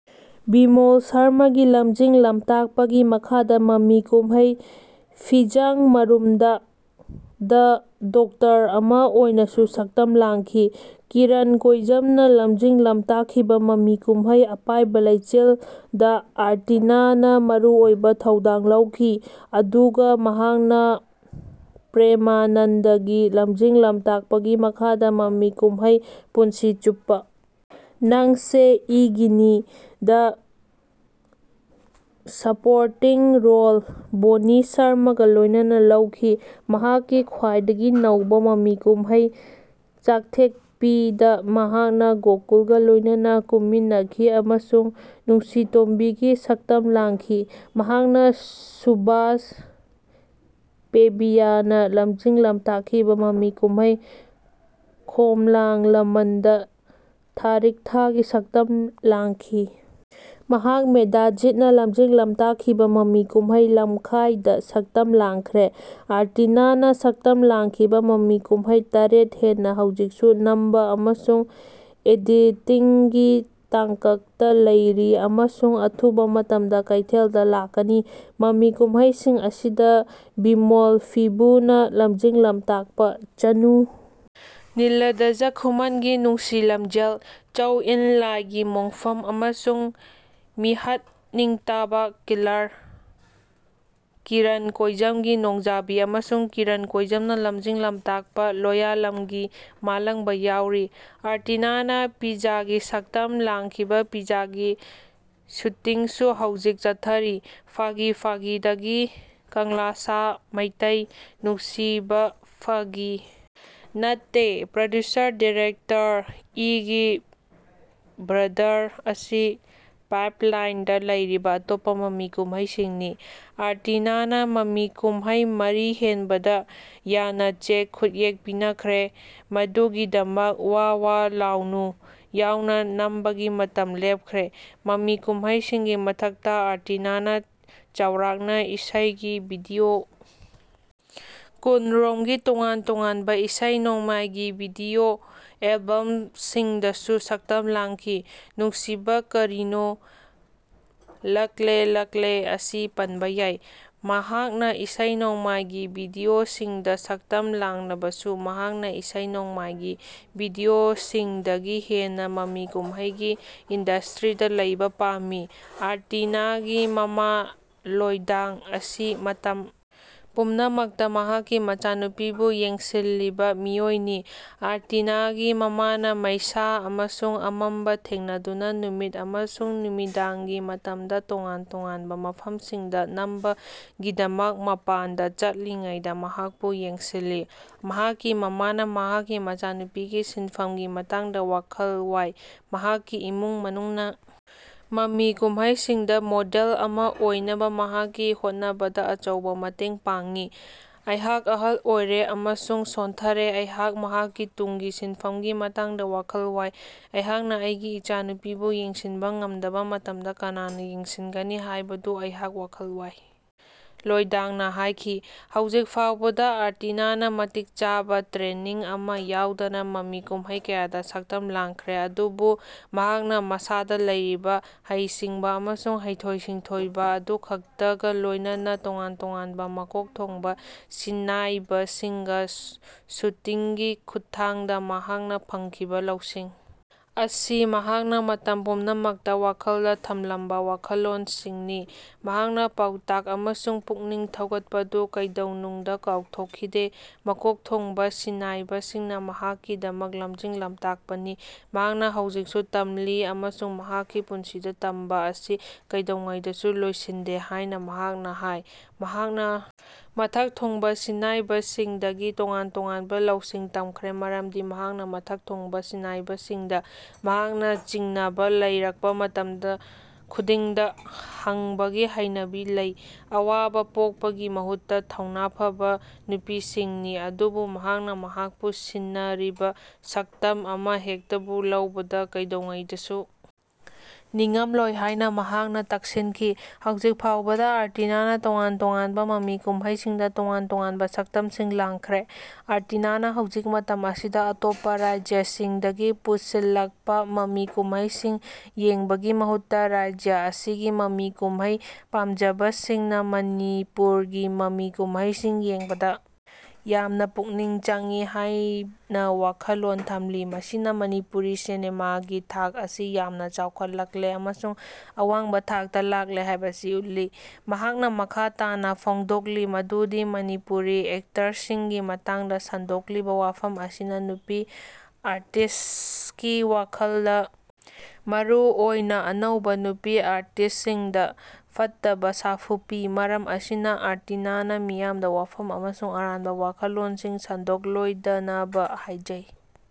ꯕꯤꯃꯣꯜ ꯁꯔꯃꯥꯒꯤ ꯂꯝꯖꯤꯡ-ꯂꯝꯇꯥꯛꯄꯒꯤ ꯃꯈꯥꯗ ꯃꯃꯤ ꯀꯨꯝꯍꯩ "ꯐꯤꯖꯥꯡ ꯃꯔꯨꯝꯗꯥ"ꯗ ꯗꯣꯛꯇꯔ ꯑꯃ ꯑꯣꯏꯅꯁꯨ ꯁꯛꯇꯝ ꯂꯥꯡꯈꯤ꯫ ꯀꯤꯔꯟ ꯀꯣꯏꯖꯝꯅ ꯂꯝꯖꯤꯡ-ꯂꯝꯇꯥꯛꯈꯤꯕ ꯃꯃꯤ ꯀꯨꯝꯍꯩ "ꯑꯄꯥꯏꯕꯥ ꯂꯦꯆꯤꯜ"ꯗ ꯑꯥꯔꯇꯤꯅꯥꯅ ꯃꯔꯨꯑꯣꯏꯕ ꯊꯧꯗꯥꯡ ꯂꯧꯈꯤ ꯑꯗꯨꯒ ꯃꯍꯥꯛꯅ ꯄ꯭ꯔꯦꯃꯅꯟꯗꯒꯤ ꯂꯝꯖꯤꯡ-ꯂꯝꯇꯥꯛꯄꯒꯤ ꯃꯈꯥꯗ ꯃꯃꯤ ꯀꯨꯝꯍꯩ "ꯄꯨꯟꯁꯤ ꯆꯨꯞꯄꯥ ꯅꯪꯁꯦ ꯏꯒꯤꯅꯤ"ꯗ ꯁꯄꯣꯔꯇꯤꯡ ꯔꯣꯜ (ꯕꯣꯟꯅꯤ ꯁꯔꯃꯥꯒ ꯂꯣꯏꯅꯅ) ꯂꯧꯈꯤ꯫ ꯃꯍꯥꯛꯀꯤ ꯈ꯭ꯋꯥꯏꯗꯒꯤ ꯅꯧꯕ ꯃꯃꯤ ꯀꯨꯝꯍꯩ "ꯆꯛꯊꯦꯛꯄꯤ"ꯗ ꯃꯍꯥꯛꯅ ꯒꯣꯀꯨꯜꯒ ꯂꯣꯏꯅꯅ ꯀꯨꯝꯃꯤꯟꯅꯈꯤ ꯑꯃꯁꯨꯡ ꯅꯨꯡꯁꯤꯇꯣꯝꯕꯤꯒꯤ ꯁꯛꯇꯝ ꯂꯥꯡꯈꯤ꯫ ꯃꯍꯥꯛꯅ ꯁꯨꯚꯥꯁ ꯄꯦꯕꯤꯌꯥꯅ ꯂꯝꯖꯤꯡ-ꯂꯝꯇꯥꯛꯈꯤꯕ ꯃꯃꯤ ꯀꯨꯝꯍꯩ "ꯈꯣꯝꯂꯥꯡ ꯂꯃꯟ"ꯗ ꯊꯥꯔꯤꯛꯊꯥꯒꯤ ꯁꯛꯇꯝ ꯂꯥꯡꯈꯤ꯫ ꯃꯍꯥꯛ ꯃꯦꯙꯥꯖꯤꯠꯅ ꯂꯝꯖꯤꯡ-ꯂꯝꯇꯥꯛꯈꯤꯕ ꯃꯃꯤ ꯀꯨꯝꯍꯩ "ꯂꯝꯈꯥꯏ"ꯗ ꯁꯛꯇꯝ ꯂꯥꯡꯈ꯭ꯔꯦ꯫ ꯑꯥꯔꯇꯤꯅꯥꯅ ꯁꯛꯇꯝ ꯂꯥꯡꯈꯤꯕ ꯃꯃꯤ ꯀꯨꯝꯍꯩ ꯇꯔꯦꯠ ꯍꯦꯟꯅ ꯍꯧꯖꯤꯛꯁꯨ ꯅꯝꯕ ꯑꯃꯁꯨꯡ ꯑꯦꯗꯤꯇꯤꯡꯒꯤ ꯇꯥꯡꯀꯛꯇ ꯂꯩꯔꯤ ꯑꯃꯁꯨꯡ ꯑꯊꯨꯕ ꯃꯇꯝꯗ ꯀꯩꯊꯦꯜꯗ ꯂꯥꯛꯀꯅꯤ꯫ ꯃꯃꯤ ꯀꯨꯝꯍꯩꯁꯤꯡ ꯑꯁꯤꯗ ꯕꯤꯃꯣꯜ ꯐꯤꯕꯨꯅ ꯂꯝꯖꯤꯡ-ꯂꯝꯇꯥꯛꯄ ꯆꯅꯨ, ꯅꯤꯜꯂꯥꯙꯥꯖꯥ ꯈꯨꯃꯟꯒꯤ ꯅꯨꯡꯁꯤ ꯂꯝꯖꯦꯜ, ꯆꯧ-ꯑꯦꯟ-ꯂꯥꯏꯒꯤ ꯃꯣꯡꯐꯝ ꯑꯃꯁꯨꯡ ꯃꯤꯍꯠꯅꯤꯡꯇꯥꯕꯥ ꯀꯤꯂꯔ, ꯀꯤꯔꯟ ꯀꯣꯏꯖꯝꯒꯤ ꯅꯣꯡꯖꯥꯕꯤ ꯑꯃꯁꯨꯡ ꯀꯤꯔꯟ ꯀꯣꯏꯖꯝꯅ ꯂꯝꯖꯤꯡ-ꯂꯝꯇꯥꯛꯄ ꯂꯣꯌꯥꯂꯝꯒꯤ ꯃꯥꯂꯡꯕꯥ ꯌꯥꯎꯔꯤ꯫ ꯑꯥꯔꯇꯤꯅꯥꯅ ꯄꯤꯖꯥꯒꯤ ꯁꯛꯇꯝ ꯂꯥꯡꯈꯤꯕ ꯄꯤꯖꯥꯒꯤ ꯁꯨꯇꯤꯡꯁꯨ ꯍꯧꯖꯤꯛ ꯆꯠꯊꯔꯤ꯫ ꯐꯒꯤ ꯐꯒꯤꯗꯥꯒꯤ, ꯀꯪꯂꯥꯁꯥ ꯃꯩꯇꯩ, ꯅꯨꯡꯁꯤꯕꯥ ꯐꯒꯤ ꯅꯥꯠꯇꯦ, ꯄ꯭ꯔꯣꯗ꯭ꯌꯨꯁꯔ ꯗꯤꯔꯦꯛꯇꯔ, ꯏꯒꯤ ꯕ꯭ꯔꯗꯔ ꯑꯁꯤ ꯄꯥꯏꯞꯂꯥꯏꯟꯗ ꯂꯩꯔꯤꯕ ꯑꯇꯣꯞꯄ ꯃꯃꯤ ꯀꯨꯝꯍꯩꯁꯤꯡꯅꯤ꯫ ꯑꯥꯔꯇꯤꯅꯥꯅ ꯃꯃꯤ ꯀꯨꯝꯍꯩ ꯃꯔꯤ ꯍꯦꯟꯕꯗ ꯌꯥꯅꯆꯦ ꯈꯨꯠꯌꯦꯛ ꯄꯤꯅꯈ꯭ꯔꯦ ꯃꯗꯨꯒꯤꯗꯃꯛ "ꯋꯥ ꯋꯥ ꯂꯥꯎꯅꯨ"ꯌꯥꯎꯅ ꯅꯝꯕꯒꯤ ꯃꯇꯝ ꯂꯦꯞꯈ꯭ꯔꯦ꯫ ꯃꯃꯤ ꯀꯨꯝꯍꯩꯁꯤꯡꯒꯤ ꯃꯊꯛꯇ, ꯑꯥꯔꯇꯤꯅꯥꯅ ꯆꯥꯎꯔꯥꯛꯅ ꯏꯁꯩꯒꯤ ꯚꯤꯗꯤꯑꯣ ꯀꯨꯟꯔꯣꯝꯒꯤ ꯇꯣꯉꯥꯟ-ꯇꯣꯉꯥꯟꯕ ꯏꯁꯩ-ꯅꯣꯡꯃꯥꯏꯒꯤ ꯚꯤꯗꯤꯑꯣ ꯑꯦꯜꯕꯝꯁꯤꯡꯗꯁꯨ ꯁꯛꯇꯝ ꯂꯥꯡꯈꯤ꯫ ꯅꯨꯡꯁꯤꯕꯥ ꯀꯥꯔꯤꯅꯣ, ꯂꯛꯂꯦ ꯂꯛꯂꯦ ꯑꯁꯤ ꯄꯟꯕ ꯌꯥꯏ꯫ ꯃꯍꯥꯛꯅ ꯏꯁꯩ-ꯅꯣꯡꯃꯥꯏꯒꯤ ꯚꯤꯗꯤꯑꯣꯁꯤꯡꯗ ꯁꯛꯇꯝ ꯂꯥꯡꯂꯕꯁꯨ, ꯃꯍꯥꯛꯅ ꯏꯁꯩ-ꯅꯣꯡꯃꯥꯏꯒꯤ ꯚꯤꯗꯤꯑꯣꯁꯤꯡꯗꯒꯤ ꯍꯦꯟꯅ ꯃꯃꯤ ꯀꯨꯝꯍꯩꯒꯤ ꯏꯟꯗꯁꯇ꯭ꯔꯤꯗ ꯂꯩꯕ ꯄꯥꯝꯃꯤ꯫ ꯑꯥꯔꯇꯤꯅꯥꯒꯤ ꯃꯃꯥ ꯂꯣꯏꯗꯥꯡ ꯑꯁꯤ ꯃꯇꯝ ꯄꯨꯝꯅꯃꯛꯇ ꯃꯍꯥꯛꯀꯤ ꯃꯆꯥꯅꯨꯄꯤꯕꯨ ꯌꯦꯡꯁꯤꯜꯂꯤꯕ ꯃꯤꯑꯣꯏꯅꯤ꯫ ꯑꯥꯔꯇꯤꯅꯥꯒꯤ ꯃꯃꯥꯅ ꯃꯩꯁꯥ ꯑꯃꯁꯨꯡ ꯑꯃꯝꯕ ꯊꯦꯡꯅꯗꯨꯅ ꯅꯨꯃꯤꯠ ꯑꯃꯁꯨꯡ ꯅꯨꯃꯤꯗꯥꯡꯒꯤ ꯃꯇꯝꯗ ꯇꯣꯉꯥꯟ-ꯇꯣꯉꯥꯟꯕ ꯃꯐꯝꯁꯤꯡꯗ ꯅꯝꯕꯒꯤꯗꯃꯛ ꯃꯄꯥꯟꯗ ꯆꯠꯂꯤꯉꯩꯗ ꯃꯍꯥꯛꯄꯨ ꯌꯦꯡꯁꯤꯜꯂꯤ꯫ ꯃꯍꯥꯛꯀꯤ ꯃꯃꯥꯅ ꯃꯍꯥꯛꯀꯤ ꯃꯆꯥꯅꯨꯄꯤꯒꯤ ꯁꯤꯟꯐꯝꯒꯤ ꯃꯇꯥꯡꯗ ꯋꯥꯈꯜ ꯋꯥꯏ꯫ ꯃꯍꯥꯛꯀꯤ ꯏꯃꯨꯡ ꯃꯅꯨꯡꯅ ꯃꯃꯤ ꯀꯨꯝꯍꯩꯁꯤꯡꯗ ꯃꯣꯗꯦꯜ ꯑꯃꯥ ꯑꯣꯏꯅꯕ ꯃꯍꯥꯛꯀꯤ ꯍꯣꯠꯅꯕꯗ ꯑꯆꯧꯕ ꯃꯇꯦꯡ ꯄꯥꯡꯉꯤ꯫"ꯑꯩꯍꯥꯛ ꯑꯍꯜ ꯑꯣꯏꯔꯦ ꯑꯃꯁꯨꯡ ꯁꯣꯟꯊꯔꯦ, ꯑꯩꯍꯥꯛ ꯃꯍꯥꯛꯀꯤ ꯇꯨꯡꯒꯤ ꯁꯤꯟꯐꯝꯒꯤ ꯃꯇꯥꯡꯗ ꯋꯥꯈꯜ ꯋꯥꯏ, ꯑꯩꯍꯥꯛꯅ ꯑꯩꯒꯤ ꯃꯆꯥꯅꯨꯄꯤꯕꯨ ꯌꯦꯡꯁꯤꯟꯕ ꯉꯝꯗꯕ ꯃꯇꯝꯗ ꯀꯅꯥꯅ ꯌꯦꯡꯁꯤꯟꯒꯅꯤ ꯍꯥꯏꯕꯗꯨ ꯑꯩꯍꯥꯛ ꯋꯥꯈꯜ ꯋꯥꯏ", ꯂꯣꯏꯗꯥꯡꯅ ꯍꯥꯏꯈꯤ꯫ ꯍꯧꯖꯤꯛ ꯐꯥꯎꯕꯗ ꯑꯥꯔꯇꯤꯅꯥꯅ ꯃꯇꯤꯛ ꯆꯥꯕ ꯇ꯭ꯔꯦꯅꯤꯡ ꯑꯃ ꯌꯥꯎꯗꯅ ꯃꯃꯤ ꯀꯨꯝꯍꯩ ꯀꯌꯥꯗ ꯁꯛꯇꯝ ꯂꯥꯡꯈ꯭ꯔꯦ ꯑꯗꯨꯕꯨ ꯃꯍꯥꯛꯅ ꯃꯁꯥꯗ ꯂꯩꯔꯤꯕ ꯍꯩꯁꯤꯡꯕ ꯑꯃꯁꯨꯡ ꯍꯩꯊꯣꯏ-ꯁꯤꯡꯊꯣꯏꯕ ꯑꯗꯨꯈꯛꯇꯒ ꯂꯣꯏꯅꯅ꯫ ꯇꯣꯉꯥꯟ-ꯇꯣꯉꯥꯟꯕ ꯃꯀꯣꯛ ꯊꯣꯡꯕ ꯁꯤꯟꯅꯥꯏꯕꯁꯤꯡꯒ ꯁꯨꯇꯤꯡꯒꯤ ꯈꯨꯠꯊꯥꯡꯗ ꯃꯍꯥꯛꯅ ꯐꯪꯈꯤꯕ ꯂꯧꯁꯤꯡ ꯑꯁꯤ ꯃꯍꯥꯛꯅ ꯃꯇꯝ ꯄꯨꯝꯅꯃꯛꯇ ꯋꯥꯈꯜꯗ ꯊꯝꯂꯝꯕ ꯋꯥꯈꯜꯂꯣꯟꯁꯤꯡꯅꯤ꯫ ꯃꯍꯥꯛꯅ ꯄꯥꯎꯇꯥꯛ ꯑꯃꯁꯨꯡ ꯄꯨꯛꯅꯤꯡ ꯊꯧꯒꯠꯄꯗꯨ ꯀꯩꯗꯧꯅꯨꯡꯗ ꯀꯥꯎꯊꯣꯛꯈꯤꯗꯦ꯫ ꯃꯀꯣꯛ ꯊꯣꯡꯕ ꯁꯤꯟꯅꯥꯏꯕꯁꯤꯡꯅ ꯃꯍꯥꯛꯀꯤꯗꯃꯛ ꯂꯝꯖꯤꯡ-ꯂꯝꯇꯥꯛꯄꯅꯤ꯫ ꯃꯍꯥꯛꯅ ꯍꯧꯖꯤꯛꯁꯨ ꯇꯝꯂꯤ ꯑꯃꯁꯨꯡ ꯃꯍꯥꯛꯀꯤ ꯄꯨꯟꯁꯤꯗ ꯇꯝꯕ ꯑꯁꯤ ꯀꯩꯗꯧꯉꯩꯗꯁꯨ ꯂꯣꯏꯁꯤꯟꯗꯦ ꯍꯥꯏꯅ ꯃꯍꯥꯛꯅ ꯍꯥꯏ꯫ ꯃꯍꯥꯛꯅ ꯃꯊꯛ ꯊꯣꯡꯕ ꯁꯤꯟꯅꯥꯏꯕꯁꯤꯡꯗꯒꯤ ꯇꯣꯉꯥꯟ-ꯇꯣꯉꯥꯟꯕ ꯂꯧꯁꯤꯡ ꯇꯝꯈ꯭ꯔꯦ ꯃꯔꯝꯗꯤ ꯃꯍꯥꯛꯅ ꯃꯊꯛ ꯊꯣꯡꯕ ꯁꯤꯟꯅꯥꯏꯕꯁꯤꯡꯗ ꯃꯍꯥꯛꯅ ꯆꯤꯡꯅꯕ ꯂꯩꯔꯛꯄ ꯃꯇꯝ ꯈꯨꯗꯤꯡꯗ ꯍꯪꯕꯒꯤ ꯍꯩꯅꯕꯤ ꯂꯩ꯫ ꯑꯋꯥꯕ ꯄꯣꯛꯄꯒꯤ ꯃꯍꯨꯠꯇ ꯊꯧꯅꯥ ꯐꯕ ꯅꯨꯄꯤꯁꯤꯡꯅꯤ꯫ ꯑꯗꯨꯕꯨ ꯃꯍꯥꯛꯅ ꯃꯍꯥꯛꯄꯨ ꯁꯤꯟꯅꯔꯤꯕ ꯁꯛꯇꯝ ꯑꯃꯍꯦꯛꯇꯕꯨ ꯂꯧꯕꯗ ꯀꯩꯗꯧꯉꯩꯗꯁꯨ ꯅꯤꯡꯉꯝꯂꯣꯏ ꯍꯥꯏꯅ ꯃꯍꯥꯛꯅ ꯇꯛꯁꯤꯟꯈꯤ꯫ ꯍꯧꯖꯤꯛ ꯐꯥꯎꯕꯗ ꯑꯥꯔꯇꯤꯅꯥꯅ ꯇꯣꯉꯥꯟ-ꯇꯣꯉꯥꯟꯕ ꯃꯃꯤ ꯀꯨꯝꯍꯩꯁꯤꯡꯗ ꯇꯣꯉꯥꯟ-ꯇꯣꯉꯥꯟꯕ ꯁꯛꯇꯝꯁꯤꯡ ꯂꯥꯡꯈ꯭ꯔꯦ꯫ ꯑꯥꯔꯇꯤꯅꯥꯅ ꯍꯧꯖꯤꯛ ꯃꯇꯝ ꯑꯁꯤꯗ ꯑꯇꯣꯞꯄ ꯔꯥꯖ꯭ꯌꯁꯤꯡꯗꯒꯤ ꯄꯨꯁꯤꯜꯂꯛꯄ ꯃꯃꯤ ꯀꯨꯝꯍꯩꯁꯤꯡ ꯌꯦꯡꯕꯒꯤ ꯃꯍꯨꯠꯇ ꯔꯥꯖ꯭ꯌ ꯑꯁꯤꯒꯤ ꯃꯃꯤ ꯀꯨꯝꯍꯩ ꯄꯥꯝꯖꯕꯁꯤꯡꯅ ꯃꯅꯤꯄꯨꯔꯒꯤ ꯃꯃꯤ ꯀꯨꯝꯍꯩꯁꯤꯡ ꯌꯦꯡꯕꯗ ꯌꯥꯝꯅ ꯄꯨꯛꯅꯤꯡ ꯆꯪꯏ ꯍꯥꯏꯅ ꯋꯥꯈꯜꯂꯣꯟ ꯊꯝꯂꯤ꯫ ꯃꯁꯤꯅ ꯃꯅꯤꯄꯨꯔꯤ ꯁꯤꯅꯦꯃꯥꯒꯤ ꯊꯥꯛ ꯑꯁꯤ ꯌꯥꯝꯅ ꯆꯥꯎꯈꯠꯂꯛꯂꯦ ꯑꯃꯁꯨꯡ ꯑꯋꯥꯡꯕ ꯊꯥꯛꯇ ꯂꯥꯛꯂꯦ ꯍꯥꯏꯕꯁꯤ ꯎꯠꯂꯤ꯫ ꯃꯍꯥꯛꯅ ꯃꯈꯥ ꯇꯥꯅ ꯐꯣꯡꯗꯣꯛꯂꯤ ꯃꯗꯨꯗꯤ ꯃꯅꯤꯄꯨꯔꯤ ꯑꯦꯛꯇꯔꯁꯤꯡꯒꯤ ꯃꯇꯥꯡꯗ ꯁꯟꯗꯣꯛꯂꯤꯕ ꯋꯥꯐꯝ ꯑꯁꯤꯅ ꯅꯨꯄꯤ ꯑꯥꯔꯇꯤꯁ꯭ꯠꯀꯤ ꯋꯥꯈꯜꯗ ꯃꯔꯨꯑꯣꯏꯅ ꯑꯅꯧꯕ ꯅꯨꯄꯤ ꯑꯥꯔꯇꯤꯁ꯭ꯠꯁꯤꯡꯗ ꯐꯠꯇꯕ ꯁꯥꯐꯨ ꯄꯤ꯫ ꯃꯔꯝ ꯑꯁꯤꯅ, ꯑꯥꯔꯇꯤꯅꯥꯅ ꯃꯤꯌꯥꯝꯗ ꯋꯥꯐꯝ ꯑꯃꯁꯨꯡ ꯑꯔꯥꯟꯕ ꯋꯥꯈꯜꯂꯣꯟꯁꯤꯡ ꯁꯟꯗꯣꯛꯂꯣꯏꯗꯅꯕ ꯍꯥꯏꯖꯩ"꯫